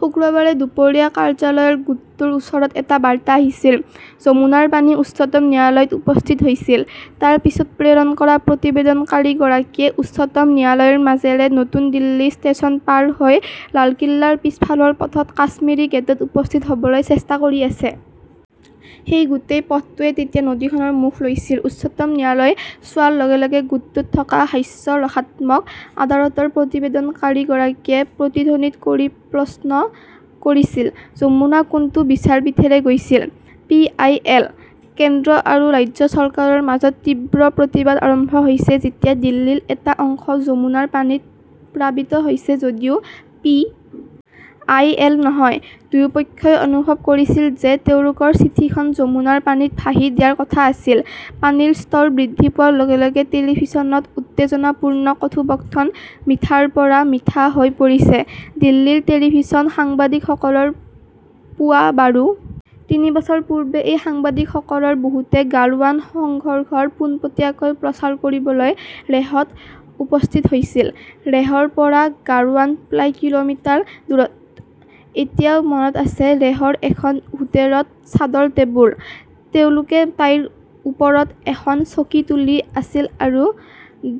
শুক্ৰবাৰে দুপৰীয়া কাৰ্যালয়ৰ গোটটোৰ ওচৰত এটা বাৰ্তা আহিছিল, যমুনাৰ পানী উচ্চতম ন্যায়ালয়ত উপস্থিত হৈছিল! তাৰ পিছত প্ৰেৰণ কৰা প্ৰতিবেদনকাৰীগৰাকীয়ে উচ্চতম ন্যায়ালয়ৰ মাজেৰে নতুন দিল্লী ষ্টেচন পাৰ হৈ লালকিল্লাৰ পিছফালৰ পথত কাশ্মীৰী গেটত উপস্থিত হ "বলৈ চেষ্টা কৰি আছে। সেই গোটেই পথটোৱে তেতিয়া নদীখনৰ মুখ লৈছিল। 'উচ্চতম ন্যায়ালয় "চোৱাৰ লগে লগে গোটটোত থকা হাস্যৰসাত্মক আদালতৰ প্ৰতিবেদনকাৰীগৰাকীয়ে প্ৰতিধ্বনিত কৰি প্ৰশ্ন কৰিছিলঃ" যমুনা কোনটো বিচাৰপীঠেৰে গৈছিল? পি. আই. এল.? "কেন্দ্ৰ আৰু ৰাজ্য চৰকাৰৰ মাজত তীব্ৰ প্ৰতিবাদ আৰম্ভ হৈছে যেতিয়া দিল্লীৰ এটা অংশ যমুনাৰ পানীত প্লাবিত হৈছে, যদিও পি. আই. এল. নহয়। দুয়োপক্ষই অনুভৱ কৰিছিল যে তেওঁলোকৰ চিঠিখন যমুনাৰ পানীত ভাহি দিয়াৰ কথা আছিল! পানীৰ স্তৰ বৃদ্ধি পোৱাৰ লগে লগে টেলিভিছনত উত্তেজনাপূৰ্ণ কথোপকথন 'মিঠা "ৰ পৰা' মিঠা" হৈ পৰিছে। দিল্লীৰ টেলিভিছন সাংবাদিকসকলৰ পোয়া বাৰো! তিনি বছৰ পূৰ্বে এই সাংবাদিকসকলৰ বহুতে গালৱান সংঘৰ্ষৰ পোনপটীয়াকৈ প্ৰচাৰ কৰিবলৈ লেহত উপস্থিত হৈছিল। লেহৰ পৰা গালৱান প্ৰায় কিলোমিটাৰ দূৰত। এতিয়াও মনত আছে, লেহৰ এখন হোটেলত ছাদৰ টেবুল। তেওঁলোকে তাইৰ ওপৰত এখন চকী তুলি আছিল আৰু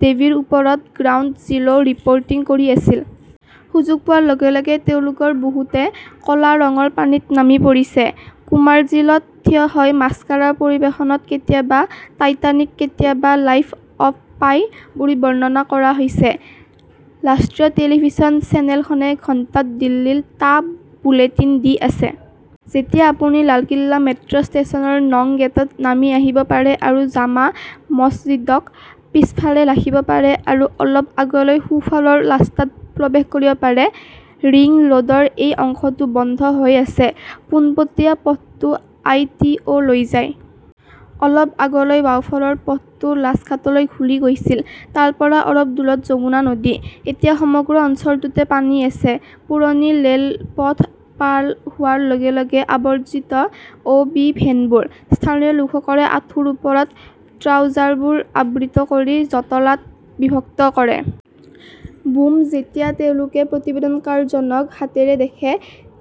দেৱীৰ ওপৰত 'গ্ৰাউণ্ড জিৰো ৰিপৰ্টিং "কৰি আছিল। সুযোগ পোৱাৰ লগে লগে তেওঁলোকৰ বহুতে ক 'লা ৰঙৰ পানীত নামি পৰিছে। কোমাৰ্জিলত থিয় হৈ মাস্কাৰা পৰিৱেশনত কেতিয়াবা "টাইটানিক", কেতিয়াবা "লাইফ অৱ পাই" বুলি বৰ্ণনা কৰা হৈছে। ৰাষ্ট্ৰীয় টেলিভিছন চেনেলখনে ঘণ্টাত দিল্লীৰ টা বুলেটিন দি আছে। যেতিয়া আপুনি লালকিল্লা মেট্ৰ 'ষ্টেচনৰ নং গেটত নামি আহিব পাৰে আৰু জামা মছজিদক পিছফালে ৰাখিব পাৰে আৰু অলপ আগলৈ সোঁফালৰ ৰাস্তাত প্ৰৱেশ কৰিব পাৰে। ৰিং ৰোডৰ এই অংশটো বন্ধ হৈ আছে। পোনপটীয়া পথটো আইটিঅ "লৈ যায়। অলপ আগলৈ বাওঁফালৰ পথটো ৰাজঘাটলৈ ঘূৰি গৈছিল। তাৰ পৰা অলপ দূৰত যমুনা নদী। এতিয়া সমগ্ৰ অঞ্চলটোতে পানী আছে। পুৰণি ৰে 'লপথ পাৰ হোৱাৰ লগে লগে আবৰ্জিত অ' বি ভেনবোৰ। স্থানীয় লোকসকলে আঁঠুৰ ওপৰত ট্ৰাউজাৰবোৰ আবৃত কৰি জটলাত বিভক্ত কৰে। বুম-যেতিয়া তেওঁলোকে প্ৰতিবেদনকাৰজনক হাতেৰে দেখে,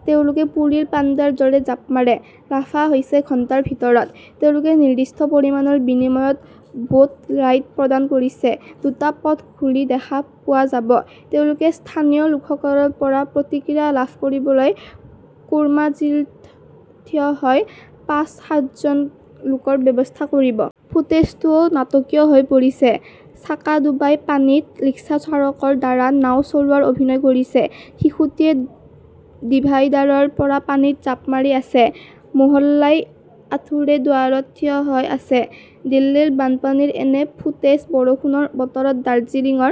তেওঁলোকে পুৰীৰ পাণ্ডাৰ দৰে জাপ মাৰে। ৰাফাহ হৈছে ঘণ্টাৰ ভিতৰত। তেওঁলোকে নিৰ্দিষ্ট পৰিমাণৰ বিনিময়ত 'বোট ৰাইড "প্ৰদান কৰিছে। দুটা পথ ঘূৰি দেখা পোৱা যাব। তেওঁলোকে স্থানীয় লোকসকলৰ পৰা প্ৰতিক্ৰিয়া লাভ কৰিবলৈ কোৰ্মাৰ্জিত থিয় হৈ পাঁচ-সাতজন লোকৰ ব্যৱস্থা কৰিব। ফুটেজটোও নাটকীয় হৈ পৰিছে! চাকাদোবাই পানীত ৰিক্সা চালকৰ দ্বাৰা নাও চলোৱাৰ অভিনয় কৰিছে। শিশুটিৱে ডিভাইডাৰৰ পৰা পানীত জাপ মাৰি আছে। মোহল্লাই আঁঠুৰে দুৱাৰত থিয় হৈ আছে। দিল্লীৰ বানপানীৰ এনে 'ফুটেজ "বৰষুণৰ বতৰত দাৰ্জিলিংৰ